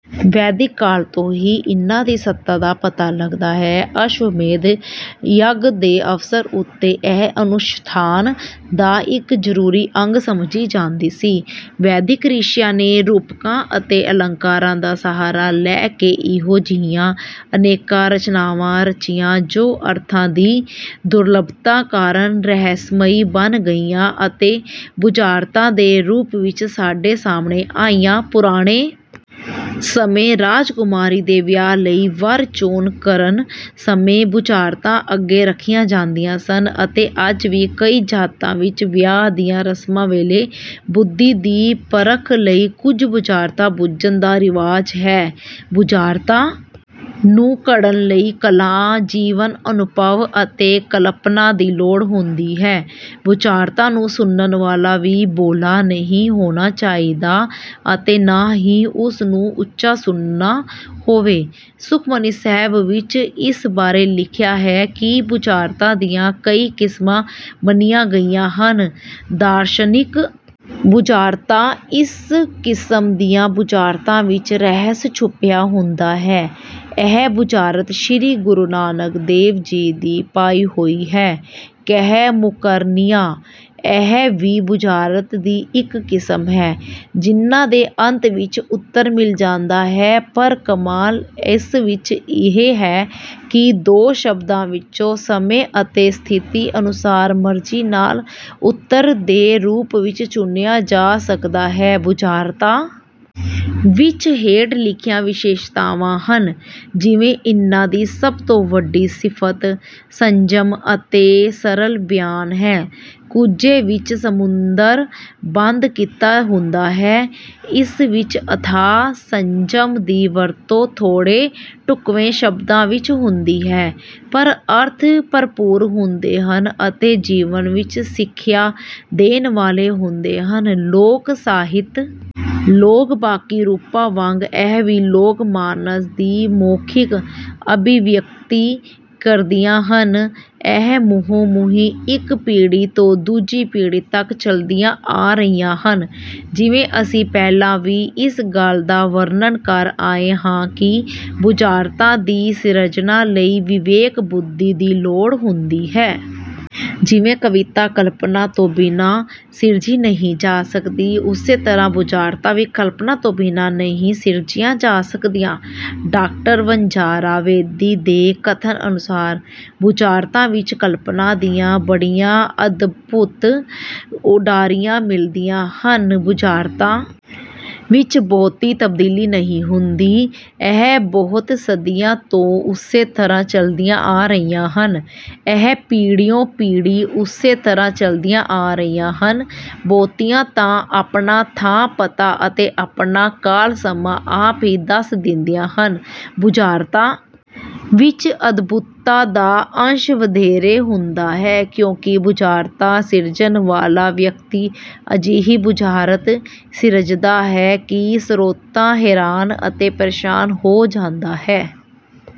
ਵੈਦਿਕ ਕਾਲ ਤੋਂ ਹੀ ਇਨ੍ਹਾਂ ਦੀ ਸੱਤਾ ਦਾ ਪਤਾ ਲੱਗਦਾ ਹੈ। ਅਸ਼ਵਮੇਧ ਯੱਗ ਦੇ ਅਵਸਰ ਉੱਤੇ ਇਹ ਅਨੁਸ਼ਠਾਨ ਦਾ ਇੱਕ ਜ਼ਰੂਰੀ ਅੰਗ ਸਮਝੀ ਜਾਂਦੀ ਸੀ। ਵੈਦਿਕ ਰਿਸ਼ੀਆਂ ਨੇ ਰੂਪਕਾਂ ਅਤੇ ਅਲੰਕਾਰਾਂ ਦਾ ਸਹਾਰਾ ਲੈ ਕੇ ਇਹੋ ਜਿਹੀਆਂ ਅਨੇਕਾਂ ਰਚਨਾਵਾਂ ਰਚੀਆਂ, ਜੋ ਅਰਥਾਂ ਦੀ ਦੁਰਲੱਭਤਾ ਕਾਰਨ ਰਹੱਸਮਈ ਬਣ ਗਈਆਂ ਅਤੇ ਬੁਝਾਰਤਾਂ ਦੇ ਰੂਪ ਵਿੱਚ ਸਾਡੇ ਸਾਹਮਣੇ ਆਈਆਂ। ਪੁਰਾਣੇ ਸਮੇਂ ਰਾਜਕੁਮਾਰੀ ਦੇ ਵਿਆਹ ਲਈ ਵਰ-ਚੋਣ ਕਰਨ ਸਮੇਂ ਬੁਝਾਰਤਾਂ ਅੱਗੇ ਰੱਖੀਆਂ ਜਾਂਦੀਆਂ ਸਨ ਅਤੇ ਅੱਜ ਵੀ ਕਈ ਜਾਤਾਂ ਵਿੱਚ ਵਿਆਹ ਦੀਆਂ ਰਸਮਾਂ ਵੇਲੇ ਬੁੱਧੀ ਦੀ ਪਰਖ ਲਈ ਕੁਝ ਬੁਝਾਰਤਾਂ ਬੁੱਝਣ ਦਾ ਰਿਵਾਜ ਹੈ। ਬੁਝਾਰਤਾਂ ਨੂੰ ਘੜਨ ਲਈ ਕਲਾ, ਜੀਵਨ-ਅਨੁਭਵ ਅਤੇ ਕਲਪਨਾ ਦੀ ਲੋੜ ਹੁੰਦੀ ਹੈ। ਬੁਝਾਰਤਾਂ ਨੂੰ ਸੁਣਨ ਵਾਲਾ ਵੀ ‘ਬੋਲਾ’ ਨਹੀਂ ਹੋਣਾ ਚਾਹੀਦਾ ਅਤੇ ਨਾ ਹੀ ਉਸ ਨੂੰ ਉੱਚਾ ਸੁਣਦਾ ਹੋਵੇ। ਸੁਖਮਨੀ ਸਾਹਿਬ ਵਿੱਚ ਇਸ ਬਾਰੇ ਲਿਖਿਆ ਹੈ ਕਿ ਬੁਝਾਰਤਾਂ ਦੀਆਂ ਕਈ ਕਿਸਮਾਂ ਮੰਨੀਆਂ ਗਈਆਂ ਹਨ। ਦਾਰਸ਼ਨਿਕ ਬੁਝਾਰਤਾਂ ਇਸ ਕਿਸਮ ਦੀਆਂ ਬੁਝਾਰਤਾਂ ਵਿੱਚ ਰਹੱਸ ਛੁਪਿਆ ਹੁੰਦਾ ਹੈ। ਇਹ ਬੁਝਾਰਤ ਸ੍ਰੀ ਗੁਰੂ ਨਾਨਕ ਦੇਵ ਜੀ ਦੀ ਪਾਈ ਹੋਈ ਹੈ। ਕਹਿ-ਮੁੱਕਰਨੀਆਂ: ਇਹ ਵੀ ਬੁਝਾਰਤ ਦੀ ਇੱਕ ਕਿਸਮ ਹੈ। ਜਿਨ੍ਹਾਂ ਦੇ ਅੰਤ ਵਿੱਚ ਉੱਤਰ ਮਿਲ ਜਾਂਦਾ ਹੈ, ਪਰ ਕਮਾਲ ਇਸ ਵਿੱਚ ਇਹ ਹੈ ਕਿ ਦੋ ਸ਼ਬਦਾਂ ਵਿੱਚੋਂ ਸਮੇਂ ਅਤੇ ਸਥਿਤੀ ਅਨੁਸਾਰ ਮਰਜ਼ੀ ਨਾਲ ਉੱਤਰ ਦੇ ਰੂਪ ਵਿੱਚ ਚੁਣਿਆ ਜਾ ਸਕਦਾ ਹੈ। ਬੁਝਾਰਤਾਂ ਵਿੱਚ ਹੇਠ ਲਿਖੀਆਂ ਵਿਸ਼ੇਸ਼ਤਾਵਾਂ ਹਨ। ਜਿਵੇ ਇਨ੍ਹਾਂ ਦੀ ਸਭ ਤੋਂ ਵੱਡੀ ਸਿਫ਼ਤ ਸੰਜਮ ਅਤੇ ਸਰਲ ਬਿਆਨ ਹੈ। ਕੁੱਜੇ ਵਿੱਚ ਸਮੁੰਦਰ ਬੰਦ ਕੀਤਾ ਹੁੰਦਾ ਹੈ। ਇਸ ਵਿੱਚ ਅਥਾਹ ਸੰਜਮ ਦੀ ਵਰਤੋਂ ਥੋੜ੍ਹੇ ਢੁਕਵੇਂ ਸ਼ਬਦਾਂ ਵਿੱਚ ਹੁੰਦੀ ਹੈ, ਪਰ ਅਰਥ ਭਰਪੂਰ ਹੁੰਦੇ ਹਨ ਅਤੇ ਜੀਵਨ ਵਿੱਚ ਸਿੱਖਿਆ ਦੇਣ ਵਾਲੇ ਹੁੰਦੇ ਹਨ। ਲੋਕ-ਸਾਹਿਤ ਲੋਕ ਬਾਕੀ ਰੂਪਾਂ ਵਾਂਗ ਇਹ ਵੀ ਲੋਕ-ਮਾਨਸ ਦੀ ਮੌਖਿਕ ਅਭਿਵਿਅਕਤੀ ਕਰਦੀਆਂ ਹਨ। ਇਹ ਮੂੰਹੋਂ-ਮੂੰਹੀਂ ਇੱਕ ਪੀੜ੍ਹੀ ਤੋਂ ਦੂਜੀ ਪੀੜ੍ਹੀ ਤੱਕ ਚੱਲਦੀਆਂ ਆ ਰਹੀਆਂ ਹਨ। ਜਿਵੇਂ ਅਸੀਂ ਪਹਿਲਾਂ ਵੀ ਇਸ ਗੱਲ ਦਾ ਵਰਣਨ ਕਰ ਆਏ ਹਾਂ ਕਿ ਬੁਝਾਰਤਾਂ ਦੀ ਸਿਰਜਣਾ ਲਈ ਵਿਵੇਕ-ਬੁੱਧੀ ਦੀ ਲੋੜ ਹੁੰਦੀ ਹੈ। ਜਿਵੇਂ ਕਵਿਤਾ ਕਲਪਨਾ ਤੋਂ ਬਿਨਾਂ ਸਿਰਜੀ ਨਹੀਂ ਜਾ ਸਕਦੀ, ਉਸੇ ਤਰ੍ਹਾਂ ਬੁਝਾਰਤਾਂ ਵੀ ਕਲਪਨਾ ਤੋਂ ਬਿਨਾਂ ਨਹੀਂ ਸਿਰਜੀਆਂ ਜਾ ਸਕਦੀਆਂ। ਡਾਕਟਰ ਵਣਜਾਰਾ ਬੇਦੀ ਦੇ ਕਥਨ ਅਨੁਸਾਰ, “ਬੁਝਾਰਤਾਂ ਵਿੱਚ ਕਲਪਨਾ ਦੀਆਂ ਬੜੀਆਂ ਅਦਭੁਤ ਉਡਾਰੀਆਂ ਮਿਲਦੀਆਂ ਹਨ। ਬੁਝਾਰਤਾਂ ਵਿੱਚ ਬਹੁਤੀ ਤਬਦੀਲੀ ਨਹੀਂ ਹੁੰਦੀ। ਇਹ ਬਹੁਤ ਸਦੀਆਂ ਤੋਂ ਉਸੇ ਤਰ੍ਹਾਂ ਚੱਲਦੀਆਂ ਆ ਰਹੀਆਂ ਹਨ। ਇਹ ਪੀੜ੍ਹੀਓਂ-ਪੀੜ੍ਹੀ ਉਸੇ ਤਰ੍ਹਾਂ ਚੱਲਦੀਆਂ ਆ ਰਹੀਆਂ ਹਨ। ਬਹੁਤੀਆਂ ਤਾਂ ਆਪਣਾ ਥਾਂ-ਪਤਾ ਅਤੇ ਆਪਣਾ ਕਾਲ-ਸਮਾਂ ਆਪ ਹੀ ਦੱਸ ਦਿੰਦੀਆਂ ਹਨ। ਬੁਝਾਰਤਾਂ ਵਿੱਚ ਅਦਭੁੱਤਤਾ ਦਾ ਅੰਸ਼ ਵਧੇਰੇ ਹੁੰਦਾ ਹੈ, ਕਿਉਂਕਿ ਬੁਝਾਰਤਾਂ ਸਿਰਜਣ ਵਾਲਾ ਵਿਅਕਤੀ ਅਜਿਹੀ ਬੁਝਾਰਤ ਸਿਰਜਦਾ ਹੈ ਕਿ ਸਰੋਤਾ ਹੈਰਾਨ ਅਤੇ ਪਰੇਸ਼ਾਨ ਹੋ ਜਾਂਦਾ ਹੈ।